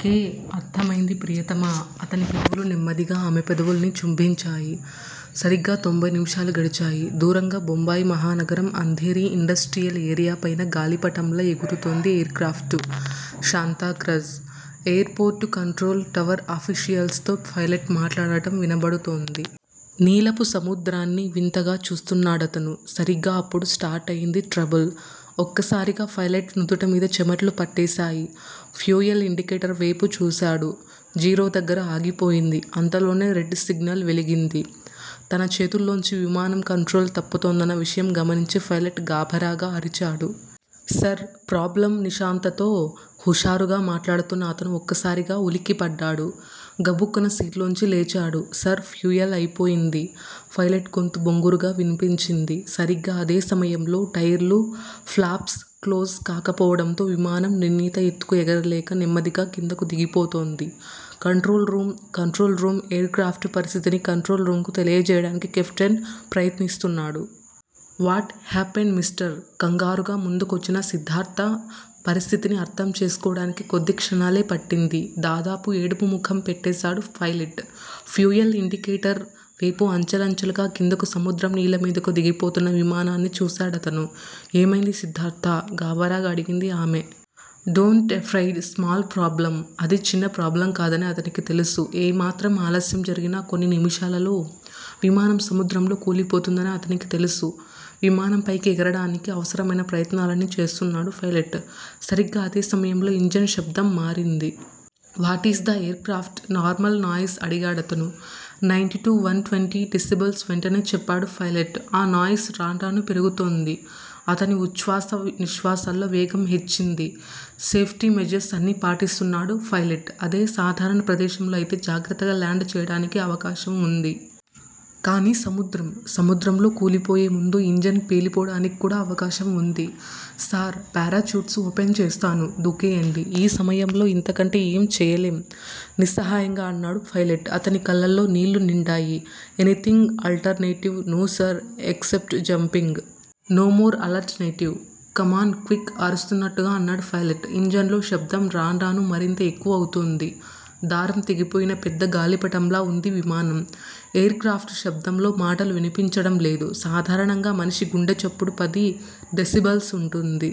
K అర్ధమైంది ప్రియతమా అతని పెదవులు నెమ్మదిగా ఆమె పెదవుల్ని చుంభించాయి. సరిగ్గా తొంభై నిమిషాలు గడిచాయి. దూరంగా బొంబాయి మహానగరం అంధేరీ ఇండస్ట్రియల్ ఏరియా పైన గాలిపటంలా ఎగురుతోంది aircraft. Santacruz airport control tower officials తో పైలెట్ మాట్లాడడం వినబడుతోంది. నీలపు సముద్రాన్ని వింతగా చూస్తున్నాడతను. సరిగ్గా అప్పుడు స్టార్టయింది ట్రబుల్. ఒక్కసారిగా పైలెట్ నుదుట మీద చెమట్లు పట్టేశాయి. ఫ్యూయల్ ఇండికేటర్ వేపు చూశాడు. జీరో దగ్గర ఆగిపోయింది. అంతలోనే రెడ్ సిగ్నల్ వెలిగింది. తన చేతుల్లోంచి విమానం కంట్రోల్ తప్పుతోందన్న విషయం గమనించి పైలెట్ గాభరాగా అరిచాడు. సర్ ప్రాబ్లమ్ నిశాంతతో హుషారుగా మాట్లాడుతున్న అతను ఒక్కసారిగా వులిక్కిపడ్డాడు. గబుక్కున సీట్లోంచి లేచాడు. సర్ ఫ్యూయల్ అయిపోయింది పైలెట్ గొంతు బొంగురుగా విన్పించింది. సరిగ్గా అదే సమయంలో టైరు ఫ్లాప్స్ క్లోజ్ కాకపోవడంతో విమానం నిర్ణీత ఎత్తుకు ఎగరలేక నెమ్మదిగా కిందకు దిగిపోతోంది. Control room control room aircraft పరిస్థితిని కంట్రోల్ రూమ్ కు తెలియచేయడానికి కెప్టెన్ ప్రయత్నిస్తున్నాడు. What happened mister? కంగారుగా ముందుకొచ్చిన సిద్ధార్ధ పరిస్థితిని అర్ధం చేసుకోడానికి కొద్ది క్షణాలే పట్టింది. దాదాపు ఏడుపు ముఖం పెట్టేశాడు పైలెట్. ఫ్యూయల్ ఇండికేటర్ వేపు అంచెలంచెలుగా కిందకు సముద్రం నీళ్ళ మీదకు దిగిపోతున్న విమానాన్ని చూశాడతను. ఏమైంది సిద్ధార్ధా? గాభరాగా అడిగింది ఆమె. డోంట్ ఎఫ్రైడ్ స్మాల్ ప్రాబ్లమ్ అది చిన్న ప్రాబ్లమ్ కాదని అతనికి తెలుసు. ఏమాత్రం ఆలస్యం జరిగినా కొన్ని నిమిషాలలో విమానం సముద్రంలో కూలిపోతుందని అతనికి తెలుసు. విమానం పైకి ఎగరడానికి అవసరమైన ప్రయత్నాలన్నీ చేస్తున్నాడు పైలెట్. సరిగ్గా అదే సమయంలో- ఇంజన్ శబ్దం మారింది. What is the aircraft normal noise అడిగాడతను. Ninety two one twenty decibels వెంటనే చెప్పాడు పైలెట్. ఆ నాయిస్ రాన్రానూ పెరుగుతోంది. అతని ఉచ్చ్వాస నిశ్వాసల్లో వేగం హెచ్చింది. సేఫ్టీ మెజర్స్ అన్నీ పాటిస్తున్నాడు పైలెట్. అదే సాధారణ ప్రదేశంలో అయితే జాగ్రత్తగా లాండ్ చేయడానికి అవకాశం వుంది. కానీ సముద్రం. సముద్రంలో కూలిపోయే ముందు ఇంజన్ పేలిపోడానిక్కూడా అవకాశం వుంది. సార్ పారాచ్యూట్స్ ఓపెన్ చేస్తాను. దూకెయ్యండి ఈ సమయంలో ఇంతకంటే ఏం చేయలేం నిస్సహాయంగా అన్నాడు పైలెట్. అతని కళ్ళల్లో నీళ్ళు నిండాయి. Anything alternative no sir except jumping. No more alternative. Come on quick అరుస్తున్నట్టుగా అన్నాడు పైలెట్. ఇంజన్ లో శబ్దం రాన్రానూ మరింత ఎక్కువవుతోంది. దారం తెగిపోయిన పెద్ద గాలిపటంలా వుంది విమానం. ఎయిర్ క్రాఫ్టు శబ్దంలో మాటలు విన్పించడం లేదు సాధారణంగా మనిషి గుండె చప్పుడు పది డెసిబల్స్ వుంటుంది.